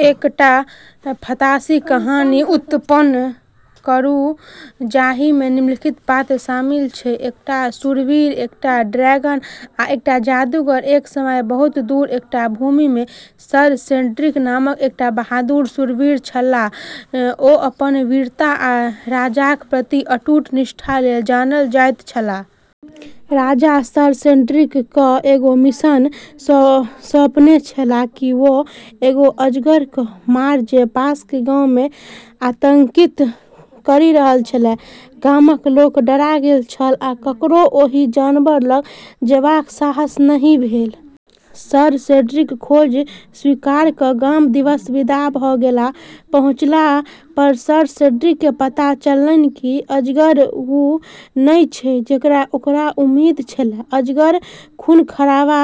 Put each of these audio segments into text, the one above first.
एकटा फंतासी कहानी उत्पन्न करू जाहि मे निम्नलिखित पात्र शामिल अछि: एकटा शूरवीर, एकटा ड्रैगन, आ एकटा जादूगर। एक समय बहुत दूर एकटा भूमि मे सर सेड्रिक नामक एकटा बहादुर शूरवीर छलाह। ओ अपन वीरता आ राजाक प्रति अटूट निष्ठा लेल जानल जाइत छलाह। राजा सर सेड्रिक क एगो मिशन सौंपने छेलै कि वू एगो अजगर क मार जे पास के गाँव मे आतंकित करी रहल छेलै। गामक लोक डरा गेल छल आ ककरो ओहि जानवर लग जेबाक साहस नहि भेल। सर सेड्रिक खोज स्वीकार क गाम दिस विदा भ गेलाह। पहुँचला पर सर सेड्रिक के पता चललै कि अजगर वू नै छै जेकर ओकरा उम्मीद छेलै। अजगर खूनखराबा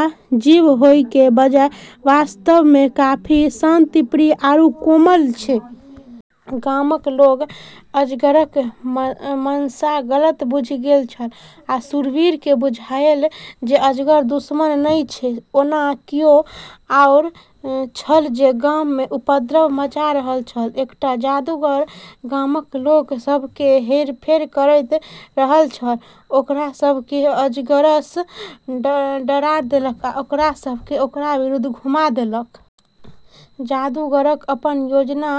जीव होय के बजाय वास्तव में काफी शांतिप्रिय आरू कोमल छेलै। गामक लोक अजगरक मंशा गलत बुझि गेल छल आ शूरवीर केँ बुझायल जे अजगर दुश्मन नहि अछि। ओना कियो आओर छल जे गाम मे उपद्रव मचा रहल छल। एकटा जादूगर गामक लोक सभकेँ हेरफेर करैत रहल छल, ओकरा सभकेँ अजगरसँ डरा देलक आ ओकरा सभकेँ ओकरा विरुद्ध घुमा देलक। जादूगरक अपन योजना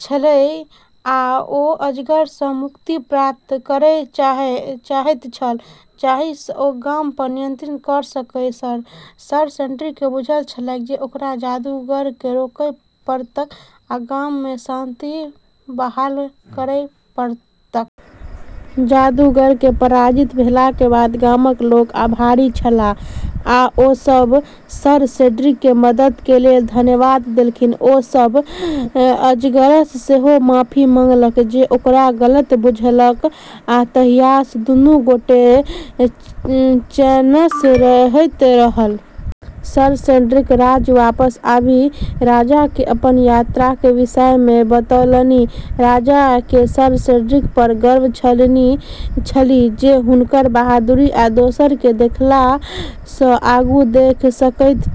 छलैक आ ओ अजगर सँ मुक्ति प्राप्त करय चाहैत छल जाहि सँ ओ गाम पर नियंत्रण क सकय। सर सेड्रिक केँ बुझल छलैक जे ओकरा जादूगर केँ रोकय पड़तैक आ गाम मे शांति बहाल करय पड़तैक। जादूगर के पराजित भेला के बाद गामक लोक आभारी छलाह आ ओ सब सर सेड्रिक के मदद के लेल धन्यवाद देलखिन। ओ सभ अजगरसँ सेहो माफी मंगलक जे ओकरा गलत बुझल आ तहियासँ दुनू गोटे चैनसँ रहैत रहल। सर सेड्रिक राज्य वापस आबि राजा केँ अपन यात्राक विषय मे बतौलनि। राजा के सर सेड्रिक पर गर्व छलनि जे हुनकर बहादुरी आ दोसर के देखला स आगू देख सकैत छल।